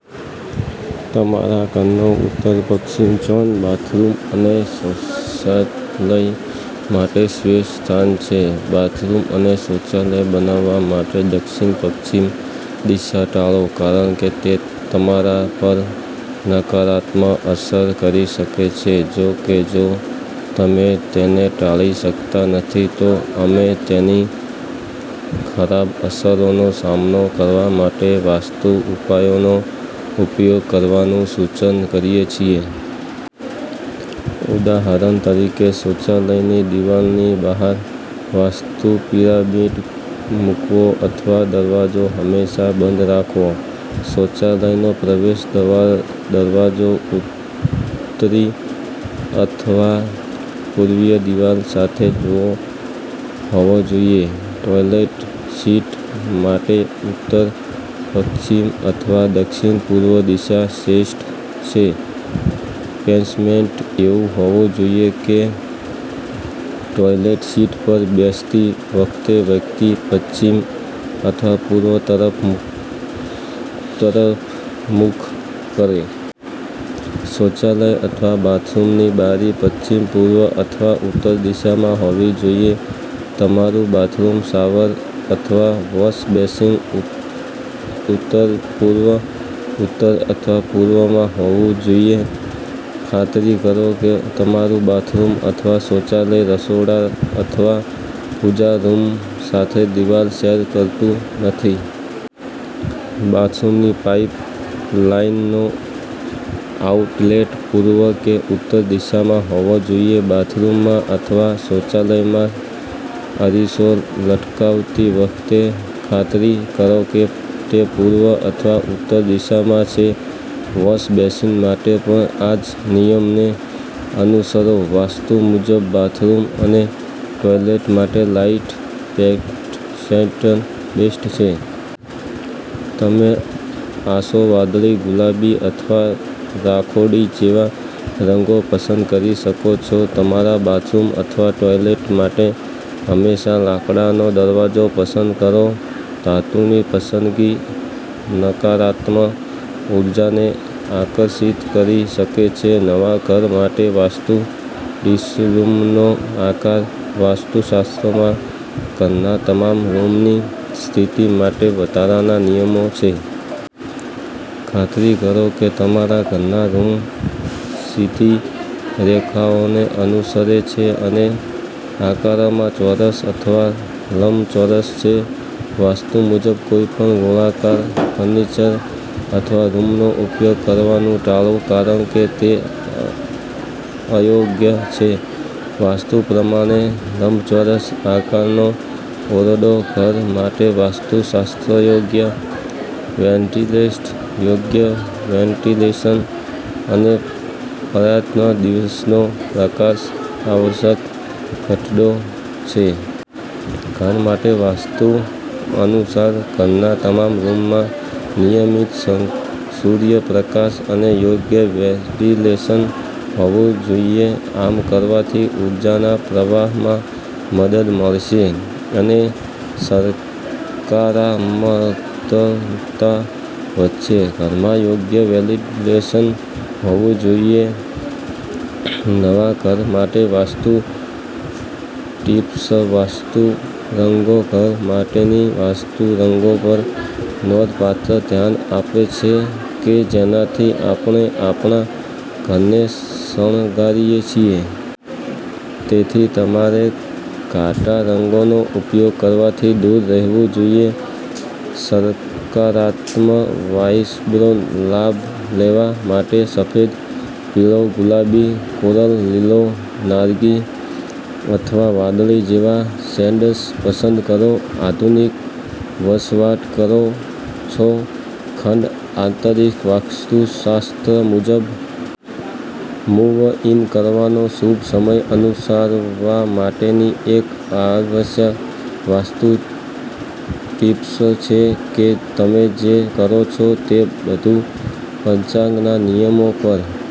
તમારા ઘરનો ઉત્તર-પશ્ચિમ ઝોન બાથરૂમ અને શૌચાલય માટે શ્રેષ્ઠ સ્થાન છે. બાથરૂમ અને શૌચાલય બનાવવા માટે દક્ષિણ-પશ્ચિમ દિશા ટાળો, કારણ કે તે તમારા પર નકારાત્મક અસર કરી શકે છે. જો કે, જો તમે તેને ટાળી શકતા નથી, તો અમે તેની ખરાબ અસરોનો સામનો કરવા માટે વાસ્તુ ઉપાયોનો ઉપયોગ કરવાનું સૂચન કરીએ છીએ. ઉદાહરણ તરીકે, શૌચાલયની દિવાલની બહાર વાસ્તુ પિરામિડ મૂકવો અથવા દરવાજો હંમેશા બંધ રાખવો. શૌચાલયનો પ્રવેશ દરવાજો ઉત્તરી અથવા પૂર્વીય દિવાલ સાથે હોવો જોઈએ. ટોયલેટ સીટ માટે ઉત્તર-પશ્ચિમ અથવા દક્ષિણ-પૂર્વ દિશા શ્રેષ્ઠ છે. પ્લેસમેન્ટ એવું હોવું જોઈએ કે ટોયલેટ સીટ પર બેસતી વખતે વ્યક્તિ પશ્ચિમ અથવા પૂર્વ તરફ મુખ કરે. શૌચાલય અથવા બાથરૂમની બારી પશ્ચિમ, પૂર્વ અથવા ઉત્તર દિશામાં હોવી જોઈએ. તમારું બાથરૂમ શાવર અથવા વૉશ બેસિન ઉત્તરપૂર્વ, ઉત્તર અથવા પૂર્વમાં હોવું જોઈએ. ખાતરી કરો કે તમારું બાથરૂમ અથવા શૌચાલય રસોડા અથવા પૂજા રૂમ સાથે દિવાલ શેર કરતું નથી. બાથરૂમની પાઇપલાઇનનો આઉટલેટ પૂર્વ કે ઉત્તર દિશામાં હોવો જોઈએ. બાથરૂમમાં અથવા શૌચાલયમાં અરીસો લટકાવતી વખતે, ખાતરી કરો કે તે પૂર્વ અથવા ઉત્તર દિશામાં છે. વૉશ બેસિન માટે પણ આ જ નિયમને અનુસરો. વાસ્તુ મુજબ બાથરૂમ અને ટોયલેટ માટે લાઇટ પેસ્ટલ શેડ્સ બેસ્ટ છે. તમે આછો વાદળી, ગુલાબી અથવા રાખોડી જેવા રંગો પસંદ કરી શકો છો. તમારા બાથરૂમ અથવા ટોયલેટ માટે હંમેશા લાકડાનો દરવાજો પસંદ કરો. ધાતુની પસંદગી નકારાત્મક ઊર્જાને આકર્ષિત કરી શકે છે. નવા ઘર માટે વાસ્તુ ટિપ્સરૂમનો આકાર વાસ્તુશાસ્ત્રમાં ઘરના તમામ રૂમની સ્થિતિ માટે વધારાના નિયમો છે. ખાતરી કરો કે તમારા ઘરના રૂમ સીધી રેખાઓને અનુસરે છે અને આકારમાં ચોરસ અથવા લંબચોરસ છે. વાસ્તુ મુજબ કોઈપણ ગોળાકાર ફર્નિચર અથવા રૂમનો ઉપયોગ કરવાનું ટાળો કારણ કે તે અયોગ્ય છે. વાસ્તુ પ્રમાણે લંબચોરસ આકારનો ઓરડોઘર માટે વાસ્તુશાસ્ત્રયોગ્ય વેન્ટિલેશન યોગ્ય વેન્ટિલેશન અને પર્યાપ્ત દિવસનો પ્રકાશઆવશ્યક ઘટકો છે. ઘર માટે વાસ્તુ અનુસાર, ઘરના તમામ રૂમમાં નિયમિત સૂર્યપ્રકાશ અને યોગ્ય વેન્ટિલેશન હોવું જોઈએ. આમ કરવાથી ઊર્જાના પ્રવાહમાં મદદ મળશે અને સકારાત્મકતા વધશે. ઘરમાં યોગ્ય વેન્ટિલેશન હોવું જોઈએનવા ઘર માટે વાસ્તુ ટિપ્સવાસ્તુ રંગો ઘર માટેની વાસ્તુરંગો પર નોંધપાત્ર ધ્યાન આપે છે કે જેનાથી આપણે આપણા ઘરને શણગારીએ છીએ. તેથી, તમારે ઘાટા રંગોનો ઉપયોગ કરવાથી દૂર રહેવું જોઈએ. સકારાત્મક વાઇબ્સનો લાભ લેવા માટે સફેદ, પીળો, ગુલાબી, કોરલ, લીલો, નારંગી અથવા વાદળી જેવા શેડ્સ પસંદ કરો. આધુનિક વસવાટ કરો છો ખંડ આંતરિકવાસ્તુશાસ્ત્ર મુજબ મૂવ-ઇન કરવાનો શુભ સમય અનુસરવા માટેની એક આવશ્યક વાસ્તુ ટીપ્સછે કે તમે જે કરો છો તે બધું પંચાંગ ના નિયમો પર